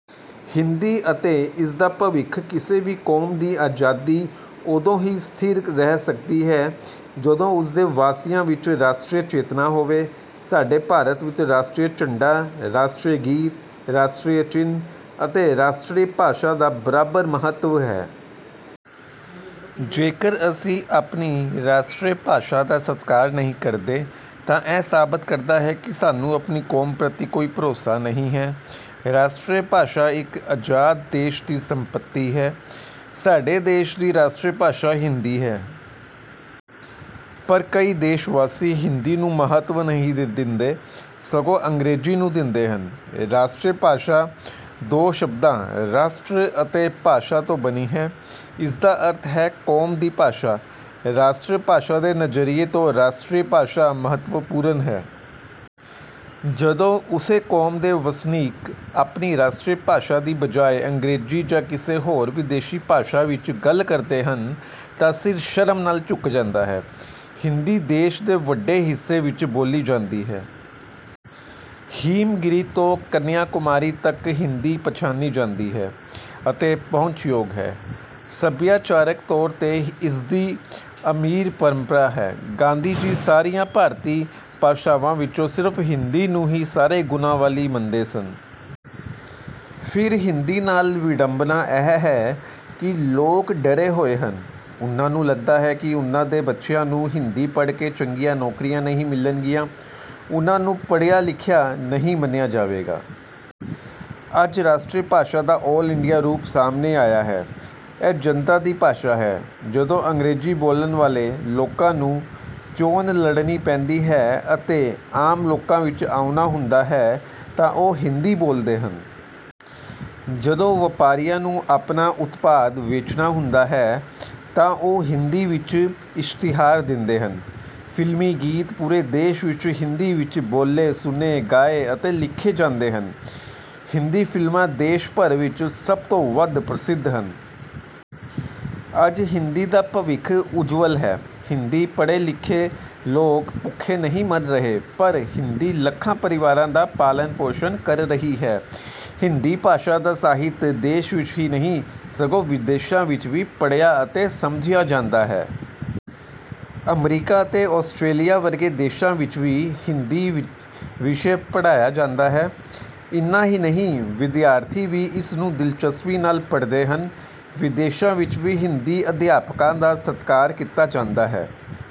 ਹਿੰਦੀ ਅਤੇ ਇਸ ਦਾ ਭਵਿੱਖ ਕਿਸੇ ਵੀ ਕੌਮ ਦੀ ਆਜ਼ਾਦੀ ਉਦੋਂ ਹੀ ਸਥਿਰ ਰਹਿ ਸਕਦੀ ਹੈ ਜਦੋਂ ਉਸ ਦੇ ਵਾਸੀਆਂ ਵਿੱਚ ਰਾਸ਼ਟਰੀ ਚੇਤਨਾ ਹੋਵੇ। ਸਾਡੇ ਭਾਰਤ ਵਿੱਚ ਰਾਸ਼ਟਰੀ ਝੰਡਾ, ਰਾਸ਼ਟਰੀ ਗੀਤ, ਰਾਸ਼ਟਰੀ ਚਿੰਨ੍ਹ ਅਤੇ ਰਾਸ਼ਟਰੀ ਭਾਸ਼ਾ ਦਾ ਬਰਾਬਰ ਮਹੱਤਵ ਹੈ। ਜੇਕਰ ਅਸੀਂ ਆਪਣੀ ਰਾਸ਼ਟਰੀ ਭਾਸ਼ਾ ਦਾ ਸਤਿਕਾਰ ਨਹੀਂ ਕਰਦੇ ਤਾਂ ਇਹ ਸਾਬਤ ਕਰਦਾ ਹੈ ਕਿ ਸਾਨੂੰ ਆਪਣੀ ਕੌਮ ਪ੍ਰਤੀ ਕੋਈ ਭਰੋਸਾ ਨਹੀਂ ਹੈ। ਰਾਸ਼ਟਰੀ ਭਾਸ਼ਾ ਇੱਕ ਆਜ਼ਾਦ ਦੇਸ਼ ਦੀ ਸੰਪਤੀ ਹੈ। ਸਾਡੇ ਦੇਸ਼ ਦੀ ਰਾਸ਼ਟਰੀ ਭਾਸ਼ਾ ਹਿੰਦੀ ਹੈ। ਪਰ ਕਈ ਦੇਸ਼ ਵਾਸੀ ਹਿੰਦੀ ਨੂੰ ਮਹੱਤਵ ਨਹੀਂ ਦਿੰਦੇ ਸਗੋਂ ਅੰਗਰੇਜ਼ੀ ਨੂੰ ਦਿੰਦੇ ਹਨ। ਰਾਸ਼ਟਰੀ ਭਾਸ਼ਾ ਦੋ ਸ਼ਬਦਾਂ, ਰਾਸ਼ਟਰ ਅਤੇ ਭਾਸ਼ਾ ਤੋਂ ਬਣੀ ਹੈ। ਇਸ ਦਾ ਅਰਥ ਹੈ ਕੌਮ ਦੀ ਭਾਸ਼ਾ। ਰਾਸ਼ਟਰੀ ਸਨਮਾਨ ਦੇ ਨਜ਼ਰੀਏ ਤੋਂ ਰਾਸ਼ਟਰੀ ਭਾਸ਼ਾ ਮਹੱਤਵਪੂਰਨ ਹੈ। ਜਦੋਂ ਉਸੇ ਕੌਮ ਦੇ ਵਸਨੀਕ ਆਪਣੀ ਰਾਸ਼ਟਰੀ ਭਾਸ਼ਾ ਦੀ ਬਜਾਏ ਅੰਗਰੇਜ਼ੀ ਜਾਂ ਕਿਸੇ ਹੋਰ ਵਿਦੇਸ਼ੀ ਭਾਸ਼ਾ ਵਿੱਚ ਗੱਲ ਕਰਦੇ ਹਨ ਤਾਂ ਸਿਰ ਸ਼ਰਮ ਨਾਲ ਝੁਕ ਜਾਂਦਾ ਹੈ। ਹਿੰਦੀ ਦੇਸ਼ ਦੇ ਵੱਡੇ ਹਿੱਸੇ ਵਿੱਚ ਬੋਲੀ ਜਾਂਦੀ ਹੈ। ਹਿਮਗਿਰੀ ਤੋਂ ਕੰਨਿਆਕੁਮਾਰੀ ਤੱਕ ਹਿੰਦੀ ਪਛਾਣੀ ਜਾਂਦੀ ਹੈ ਅਤੇ ਪਹੁੰਚਯੋਗ ਹੈ। ਸੱਭਿਆਚਾਰਕ ਤੌਰ 'ਤੇ ਇਸਦੀ ਅਮੀਰ ਪਰੰਪਰਾ ਹੈ। ਗਾਂਧੀ ਜੀ ਸਾਰੀਆਂ ਭਾਰਤੀ ਭਾਸ਼ਾਵਾਂ ਵਿੱਚੋਂ ਸਿਰਫ਼ ਹਿੰਦੀ ਨੂੰ ਹੀ ਸਾਰੇ ਗੁਣਾਂ ਵਾਲੀ ਮੰਨਦੇ ਸਨ। ਫਿਰ ਹਿੰਦੀ ਨਾਲ ਵਿਡੰਬਨਾ ਇਹ ਹੈ ਕਿ ਲੋਕ ਡਰੇ ਹੋਏ ਹਨ। ਉਨ੍ਹਾਂ ਨੂੰ ਲੱਗਦਾ ਹੈ ਕਿ ਉਨ੍ਹਾਂ ਦੇ ਬੱਚਿਆਂ ਨੂੰ ਹਿੰਦੀ ਪੜ੍ਹ ਕੇ ਚੰਗੀਆਂ ਨੌਕਰੀਆਂ ਨਹੀਂ ਮਿਲਣਗੀਆਂ। ਉਨ੍ਹਾਂ ਨੂੰ ਪੜ੍ਹਿਆ ਲਿਖਿਆ ਨਹੀਂ ਮੰਨਿਆ ਜਾਵੇਗਾ। ਅੱਜ ਰਾਸ਼ਟਰੀ ਭਾਸ਼ਾ ਦਾ ਆਲ ਇੰਡੀਆ ਰੂਪ ਸਾਹਮਣੇ ਆਇਆ ਹੈ, ਇਹ ਜਨਤਾ ਦੀ ਭਾਸ਼ਾ ਹੈ। ਜਦੋਂ ਅੰਗਰੇਜ਼ੀ ਬੋਲਣ ਵਾਲੇ ਲੋਕਾਂ ਨੂੰ ਚੋਣ ਲੜਨੀ ਪੈਂਦੀ ਹੈ ਅਤੇ ਆਮ ਲੋਕਾਂ ਵਿੱਚ ਆਉਣਾ ਹੁੰਦਾ ਹੈ ਤਾਂ ਉਹ ਹਿੰਦੀ ਬੋਲਦੇ ਹਨ। ਜਦੋਂ ਵਪਾਰੀਆਂ ਨੂੰ ਆਪਣਾ ਉਤਪਾਦ ਵੇਚਣਾ ਹੁੰਦਾ ਹੈ ਤਾਂ ਉਹ ਹਿੰਦੀ ਵਿੱਚ ਇਸ਼ਤਿਹਾਰ ਦਿੰਦੇ ਹਨ। ਫਿਲਮੀ ਗੀਤ ਪੂਰੇ ਦੇਸ਼ ਵਿੱਚ ਹਿੰਦੀ ਵਿੱਚ ਬੋਲੇ, ਸੁਣੇ, ਗਾਏ ਅਤੇ ਲਿਖੇ ਜਾਂਦੇ ਹਨ। ਹਿੰਦੀ ਫਿਲਮਾਂ ਦੇਸ਼ ਭਰ ਵਿੱਚ ਸਭ ਤੋਂ ਵੱਧ ਪ੍ਰਸਿੱਧ ਹਨ। ਅੱਜ ਹਿੰਦੀ ਦਾ ਭਵਿੱਖ ਉੱਜਵਲ ਹੈ। ਹਿੰਦੀ ਪੜ੍ਹੇ-ਲਿਖੇ ਲੋਕ ਭੁੱਖੇ ਨਹੀਂ ਮਰ ਰਹੇ ਪਰ ਹਿੰਦੀ ਲੱਖਾਂ ਪਰਿਵਾਰਾਂ ਦਾ ਪਾਲਣ ਪੋਸ਼ਣ ਕਰ ਰਹੀ ਹੈ। ਹਿੰਦੀ ਭਾਸ਼ਾ ਦਾ ਸਾਹਿਤ ਦੇਸ਼ ਵਿੱਚ ਹੀ ਨਹੀਂ ਸਗੋਂ ਵਿਦੇਸ਼ਾਂ ਵਿੱਚ ਵੀ ਪੜ੍ਹਿਆ ਅਤੇ ਸਮਝਿਆ ਜਾਂਦਾ ਹੈ। ਅਮਰੀਕਾ ਅਤੇ ਆਸਟ੍ਰੇਲੀਆ ਵਰਗੇ ਦੇਸ਼ਾਂ ਵਿੱਚ ਵੀ ਹਿੰਦੀ ਵਿਸ਼ਾ ਪੜ੍ਹਾਇਆ ਜਾਂਦਾ ਹੈ। ਇੰਨਾ ਹੀ ਨਹੀਂ ਵਿਦਿਆਰਥੀ ਵੀ ਇਸ ਨੂੰ ਦਿਲਚਸਪੀ ਨਾਲ ਪੜ੍ਹਦੇ ਹਨ। ਵਿਦੇਸ਼ਾਂ ਵਿੱਚ ਵੀ ਹਿੰਦੀ ਅਧਿਆਪਕਾਂ ਦਾ ਸਤਿਕਾਰ ਕੀਤਾ ਜਾਂਦਾ ਹੈ।